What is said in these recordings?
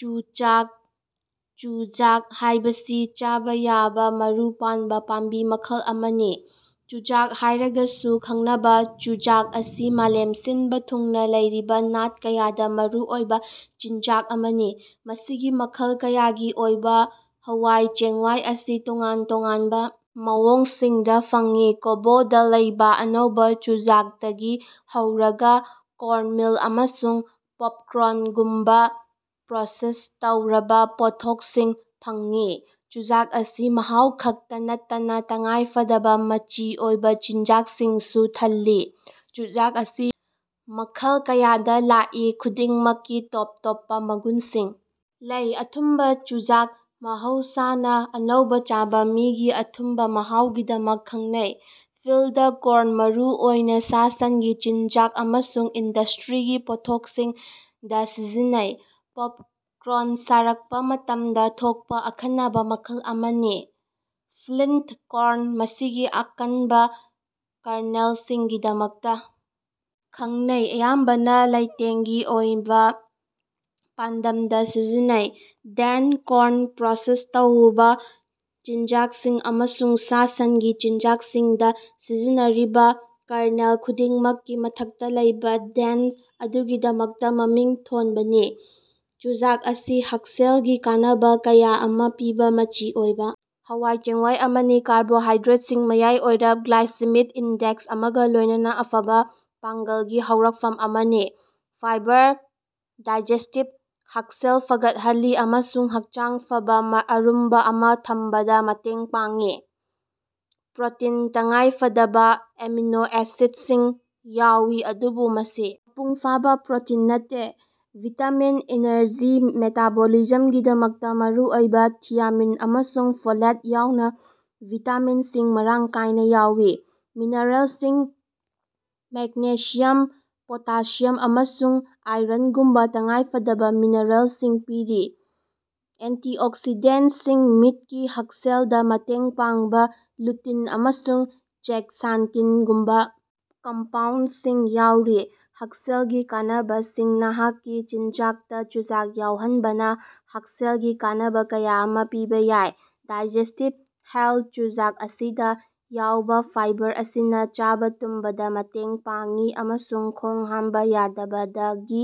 ꯆꯨꯆꯥꯛ ꯆꯨꯖꯥꯛ ꯍꯥꯏꯕꯁꯤ ꯆꯥꯕ ꯌꯥꯕ ꯃꯔꯨ ꯄꯥꯟꯕ ꯄꯥꯝꯕꯤ ꯃꯈꯜ ꯑꯃꯅꯤ꯫ ꯆꯨꯖꯥꯛ ꯍꯥꯏꯔꯒꯁꯨ ꯈꯪꯅꯕ ꯆꯨꯖꯥꯛ ꯑꯁꯤ ꯃꯥꯂꯦꯝ ꯁꯤꯟꯕ ꯊꯨꯡꯅ ꯂꯩꯔꯤꯕ ꯅꯥꯠ ꯀꯌꯥꯗ ꯃꯔꯨꯑꯣꯏꯕ ꯆꯤꯟꯖꯥꯛ ꯑꯃꯅꯤ꯫ ꯃꯁꯤꯒꯤ ꯃꯈꯜ ꯀꯌꯥꯒꯤ ꯑꯣꯏꯕ ꯍꯋꯥꯏ ꯆꯦꯡꯋꯥꯏ ꯑꯁꯤ ꯇꯣꯉꯥꯟ ꯇꯣꯉꯥꯟꯕ ꯃꯑꯣꯡꯁꯤꯡꯗ ꯐꯪꯏ ꯀꯣꯕꯇ ꯂꯩꯕ ꯑꯅꯧꯕ ꯆꯨꯖꯥꯛꯗꯒꯤ ꯍꯧꯔꯒ ꯀꯣꯔ꯭ꯟꯃꯤꯜ ꯑꯃꯁꯨꯡ ꯄꯣꯞꯀꯣꯔ꯭ꯟꯒꯨꯝꯕ ꯄ꯭ꯔꯣꯁꯦꯁ ꯇꯧꯔꯕ ꯄꯣꯠꯊꯣꯛꯁꯤꯡ ꯐꯪꯏ꯫ ꯆꯨꯖꯥꯛ ꯑꯁꯤ ꯃꯍꯥꯎ ꯈꯛꯇ ꯅꯠꯇꯅ ꯇꯉꯥꯏꯐꯗꯕ ꯃꯆꯤ ꯑꯣꯏꯕ ꯆꯤꯟꯖꯥꯛꯁꯤꯡꯁꯨ ꯊꯜꯂꯤ꯫ ꯆꯨꯖꯥꯛ ꯑꯁꯤ ꯃꯈꯜ ꯀꯌꯥꯗ ꯂꯥꯛꯏ ꯈꯨꯗꯤꯡꯃꯛꯀꯤ ꯇꯣꯞ ꯇꯣꯞꯄ ꯃꯒꯨꯟꯁꯤꯡ ꯂꯩ ꯑꯊꯨꯝꯕ ꯆꯨꯖꯥꯛ ꯃꯍꯧꯁꯥꯅ ꯑꯅꯧꯕ ꯆꯥꯕ ꯃꯁꯤꯒꯤ ꯑꯊꯨꯝꯕ ꯃꯍꯥꯎꯒꯤꯗꯃꯛ ꯈꯪꯅꯩ꯫ ꯐꯤꯜꯗ ꯀꯣꯔ꯭ꯟ ꯃꯔꯨ ꯑꯣꯏꯅ ꯁꯥ ꯁꯟꯒꯤ ꯆꯤꯟꯖꯥꯛ ꯑꯃꯁꯨꯡ ꯏꯟꯗꯁ꯭ꯇ꯭ꯔꯤꯒꯤ ꯄꯣꯠꯊꯣꯛꯁꯤꯡꯗ ꯁꯤꯖꯤꯟꯅꯩ꯫ ꯄꯣꯞꯀꯣꯔ꯭ꯟ ꯁꯥꯔꯛꯄ ꯃꯇꯝꯗ ꯊꯣꯛꯄ ꯑꯈꯟꯅꯕ ꯃꯈꯜ ꯑꯃꯅꯤ꯫ ꯐ꯭ꯂꯤꯟꯠ ꯀꯣꯔ꯭ꯟ ꯃꯁꯤꯒꯤ ꯑꯀꯟꯕ ꯀꯔꯅꯦꯜꯁꯤꯡꯒꯤꯗꯃꯛꯇ ꯈꯪꯅꯩ ꯑꯌꯥꯝꯕꯅ ꯂꯩꯇꯦꯡꯒꯤ ꯑꯣꯏꯕ ꯄꯥꯟꯗꯝꯗ ꯁꯤꯖꯤꯟꯅꯩ꯫ ꯗꯦꯟꯠ ꯀꯣꯔ꯭ꯟ ꯄ꯭ꯔꯣꯁꯦꯁ ꯇꯧꯔꯕ ꯆꯤꯟꯖꯥꯛꯁꯤꯡ ꯑꯃꯁꯨꯡ ꯁꯥ ꯁꯟꯒꯤ ꯆꯤꯟꯖꯥꯛꯁꯤꯡꯗ ꯁꯤꯖꯤꯟꯅꯔꯤꯕ ꯀꯔꯅꯦꯜ ꯈꯨꯗꯤꯡꯃꯛꯀꯤ ꯃꯊꯛꯇ ꯂꯩꯕ ꯗꯦꯟ꯭ꯇ ꯑꯗꯨꯒꯤꯗꯃꯛ ꯃꯃꯤꯡ ꯊꯣꯟꯕꯅꯤ꯫ ꯆꯨꯖꯥꯛ ꯑꯁꯤ ꯍꯛꯁꯦꯜꯒꯤ ꯀꯥꯟꯅꯕ ꯀꯌꯥ ꯑꯃ ꯄꯤꯕ ꯃꯆꯤ ꯑꯣꯏꯕ ꯍꯋꯥꯏ ꯆꯦꯡꯋꯥꯏ ꯑꯃꯅꯤ꯫ ꯀꯥꯔꯕꯣꯍꯥꯏꯗ꯭ꯔꯦꯠꯁꯤꯡ ꯃꯌꯥꯏ ꯑꯣꯏꯕ ꯒ꯭ꯂꯥꯏꯁꯦꯃꯤꯛ ꯏꯟꯗꯦꯛꯁ ꯑꯃꯒ ꯂꯣꯏꯅꯅ ꯑꯐꯕ ꯄꯥꯡꯒꯜꯒꯤ ꯍꯧꯔꯛꯐꯝ ꯑꯃꯅꯤ꯫ ꯐꯥꯏꯕꯔ ꯗꯥꯏꯖꯦꯁ꯭ꯇꯤꯕ ꯍꯛꯁꯦꯜ ꯐꯒꯠꯍꯜꯂꯤ ꯑꯃꯁꯨꯡ ꯍꯛꯆꯥꯡ ꯐꯕ ꯑꯔꯨꯝꯕ ꯑꯃ ꯊꯝꯕꯗ ꯃꯇꯦꯡ ꯄꯥꯡꯏ꯫ ꯄ꯭ꯔꯣꯇꯤꯟ ꯇꯉꯥꯏꯐꯗꯕ ꯑꯦꯃꯤꯅꯣ ꯑꯦꯁꯤꯗꯁꯤꯡ ꯌꯥꯎꯏ ꯑꯗꯨꯕꯨ ꯃꯁꯤ ꯃꯄꯨꯡ ꯐꯥꯕ ꯄ꯭ꯔꯣꯇꯤꯟ ꯅꯠꯇꯦ꯫ ꯚꯤꯇꯥꯃꯤꯟꯁꯤꯡ ꯑꯦꯅꯔꯖꯤ ꯃꯦꯇꯥꯕꯣꯂꯤꯖꯝꯒꯤꯗꯃꯛꯇ ꯃꯔꯨꯑꯣꯏꯕ ꯊꯤꯌꯥꯃꯤꯟ ꯑꯃꯁꯨꯡ ꯐꯣꯂꯦꯠ ꯌꯥꯎꯅ ꯕꯤ ꯚꯤꯇꯥꯃꯤꯟꯁꯤꯡ ꯃꯔꯥꯡ ꯀꯥꯏꯅ ꯌꯥꯎꯏ꯫ ꯃꯤꯅꯔꯦꯜꯁꯤꯡ ꯃꯦꯒꯅꯦꯁꯤꯌꯝ ꯄꯣꯇꯦꯁꯤꯌꯝ ꯑꯃꯁꯨꯡ ꯑꯥꯏꯔꯟꯒꯨꯝꯕ ꯇꯉꯥꯏꯐꯗꯕ ꯃꯤꯅꯔꯦꯜꯁꯤꯡ ꯄꯤꯔꯤ꯫ ꯑꯦꯟꯇꯤꯑꯣꯛꯁꯤꯗꯦꯟꯠꯁꯤꯡ ꯃꯤꯠꯀꯤ ꯍꯛꯁꯦꯜꯗ ꯃꯇꯦꯡ ꯄꯥꯡꯕ ꯂꯨꯇꯤꯟ ꯑꯃꯁꯨꯡ ꯖꯦꯛꯁꯥꯟꯊꯤꯟꯒꯨꯝꯕ ꯀꯝꯄꯥꯎꯟꯗꯁꯤꯡ ꯌꯥꯎꯋꯤ꯫ ꯍꯛꯁꯦꯜꯒꯤ ꯀꯥꯟꯅꯕꯁꯤꯡ ꯅꯍꯥꯛꯀꯤ ꯆꯤꯟꯖꯥꯛꯇ ꯆꯨꯖꯥꯛ ꯌꯥꯎꯍꯟꯕꯅ ꯍꯛꯁꯦꯜꯒꯤ ꯀꯥꯟꯅꯕ ꯀꯌꯥ ꯑꯃ ꯄꯤꯕ ꯌꯥꯏ ꯗꯥꯏꯖꯦꯁ꯭ꯇꯤꯕ ꯍꯦꯜꯊ ꯆꯨꯖꯥꯛ ꯑꯁꯤꯗ ꯌꯥꯎꯕ ꯐꯥꯏꯕꯔ ꯑꯁꯤꯅ ꯆꯥꯕ ꯇꯨꯝꯕꯗ ꯃꯇꯦꯡ ꯄꯥꯡꯉꯤ ꯑꯃꯁꯨꯡ ꯈꯣꯡ ꯍꯥꯝꯕ ꯌꯥꯗꯕꯗꯒꯤ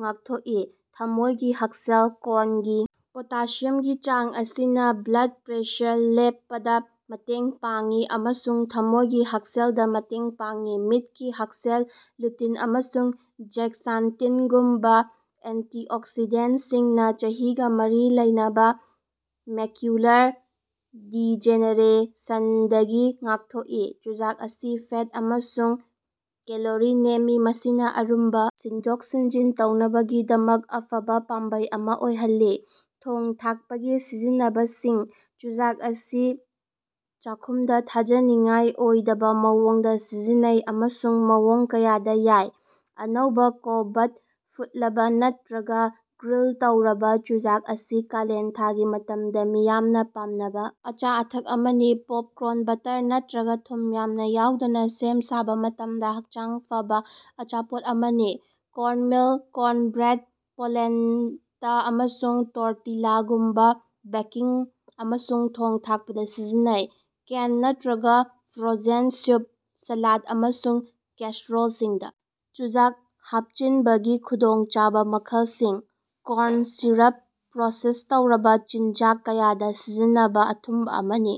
ꯉꯥꯛꯊꯣꯛꯏ꯫ ꯊꯃꯣꯏꯒꯤ ꯍꯛꯁꯦꯜ ꯀꯣꯔ꯭ꯟꯒꯤ ꯄꯣꯇꯥꯁꯤꯌꯝꯒꯤ ꯆꯥꯡ ꯑꯁꯤꯅ ꯕ꯭ꯂꯗ ꯄ꯭ꯔꯦꯁꯔ ꯂꯦꯞꯄꯗ ꯃꯇꯦꯡ ꯄꯥꯡꯏ ꯑꯃꯁꯨꯡ ꯊꯃꯣꯏꯒꯤ ꯍꯛꯁꯦꯜꯗ ꯃꯇꯦꯡ ꯄꯥꯡꯏ꯫ ꯃꯤꯠꯀꯤ ꯍꯛꯁꯦꯜ ꯂꯨꯇꯤꯟ ꯑꯃꯁꯨꯡ ꯖꯦꯛꯁꯥꯟꯊꯤꯟꯒꯨꯝꯕ ꯑꯦꯟꯇꯤꯑꯣꯛꯁꯤꯗꯦꯟꯠꯁꯤꯡꯅ ꯆꯍꯤꯒ ꯃꯔꯤ ꯂꯩꯅꯕ ꯃꯦꯀꯨꯂꯔ ꯗꯤꯖꯦꯅꯦꯔꯦꯁꯟꯗꯒꯤ ꯉꯥꯛꯊꯣꯛꯏ꯫ ꯆꯨꯖꯥꯛ ꯑꯁꯤ ꯐꯦꯠ ꯑꯃꯁꯨꯡ ꯀꯦꯂꯣꯔꯤ ꯅꯦꯝꯃꯤ ꯃꯁꯤꯅ ꯑꯔꯨꯝꯕ ꯁꯤꯟꯗꯣꯛ ꯁꯤꯟꯖꯤꯟ ꯇꯧꯅꯕꯒꯤꯗꯃꯛ ꯑꯐꯕ ꯄꯥꯝꯕꯩ ꯑꯃ ꯑꯣꯏꯍꯜꯂꯤ꯫ ꯊꯣꯡ ꯊꯥꯛꯄꯒꯤ ꯁꯤꯖꯤꯟꯅꯕꯁꯤꯡ ꯆꯨꯖꯥꯛ ꯑꯁꯤ ꯆꯥꯛꯈꯨꯝꯗ ꯊꯥꯖꯅꯤꯡꯉꯥꯏ ꯑꯣꯏꯗꯕ ꯃꯑꯣꯡꯗ ꯁꯤꯖꯤꯟꯅꯩ ꯑꯃꯁꯨꯡ ꯃꯑꯣꯡ ꯀꯌꯥꯗ ꯌꯥꯏ ꯑꯅꯧꯕ ꯀꯣꯕꯇ ꯐꯨꯠꯂꯕ ꯅꯠꯇ꯭ꯔꯒ ꯒ꯭ꯔꯤꯜ ꯇꯧꯔꯕ ꯆꯨꯖꯥꯛ ꯑꯁꯤ ꯀꯥꯂꯦꯟꯊꯥꯒꯤ ꯃꯇꯝꯗ ꯃꯤꯌꯥꯝꯅ ꯄꯥꯝꯅꯕ ꯑꯆꯥ ꯑꯊꯛ ꯑꯃꯅꯤ꯫ ꯄꯣꯞꯀꯣꯔ꯭ꯟ ꯕꯠꯇꯔ ꯅꯠꯇ꯭ꯔꯒ ꯊꯨꯝ ꯌꯥꯝꯅ ꯌꯥꯎꯗꯅ ꯁꯦꯝ ꯁꯥꯕ ꯃꯇꯝꯗ ꯍꯛꯆꯥꯡ ꯐꯕ ꯑꯆꯥꯄꯣꯠ ꯑꯃꯅꯤ꯫ ꯀꯣꯔ꯭ꯟꯃꯤꯜ ꯀꯣꯔ꯭ꯟꯕ꯭ꯔꯦꯗ ꯄꯣꯂꯦꯟꯇꯥ ꯑꯃꯁꯨꯡ ꯇꯣꯔꯇꯤꯂꯥꯒꯨꯝꯕ ꯕꯦꯀꯤꯡ ꯑꯃꯁꯨꯡ ꯊꯣꯡ ꯊꯥꯛꯄꯗ ꯁꯤꯖꯤꯟꯅꯩ꯫ ꯀꯦꯟ ꯅꯠꯇ꯭ꯔꯒ ꯐ꯭ꯔꯣꯖꯦꯟ ꯁꯨꯞ ꯁꯥꯂꯥꯗ ꯑꯃꯁꯨꯡ ꯀꯦꯁꯔꯣꯜꯁꯤꯡꯗ ꯆꯨꯖꯥꯛ ꯍꯥꯞꯆꯤꯟꯕꯒꯤ ꯈꯨꯗꯣꯡꯆꯥꯕ ꯃꯈꯜꯁꯤꯡ꯫ ꯀꯣꯔ꯭ꯟ ꯁꯤꯔꯞ ꯄ꯭ꯔꯣꯁꯦꯁ ꯇꯧꯔꯕ ꯆꯤꯟꯖꯥꯛ ꯀꯌꯥꯗ ꯁꯤꯖꯤꯟꯅꯕ ꯑꯊꯨꯝꯕ ꯑꯃꯅꯤ꯫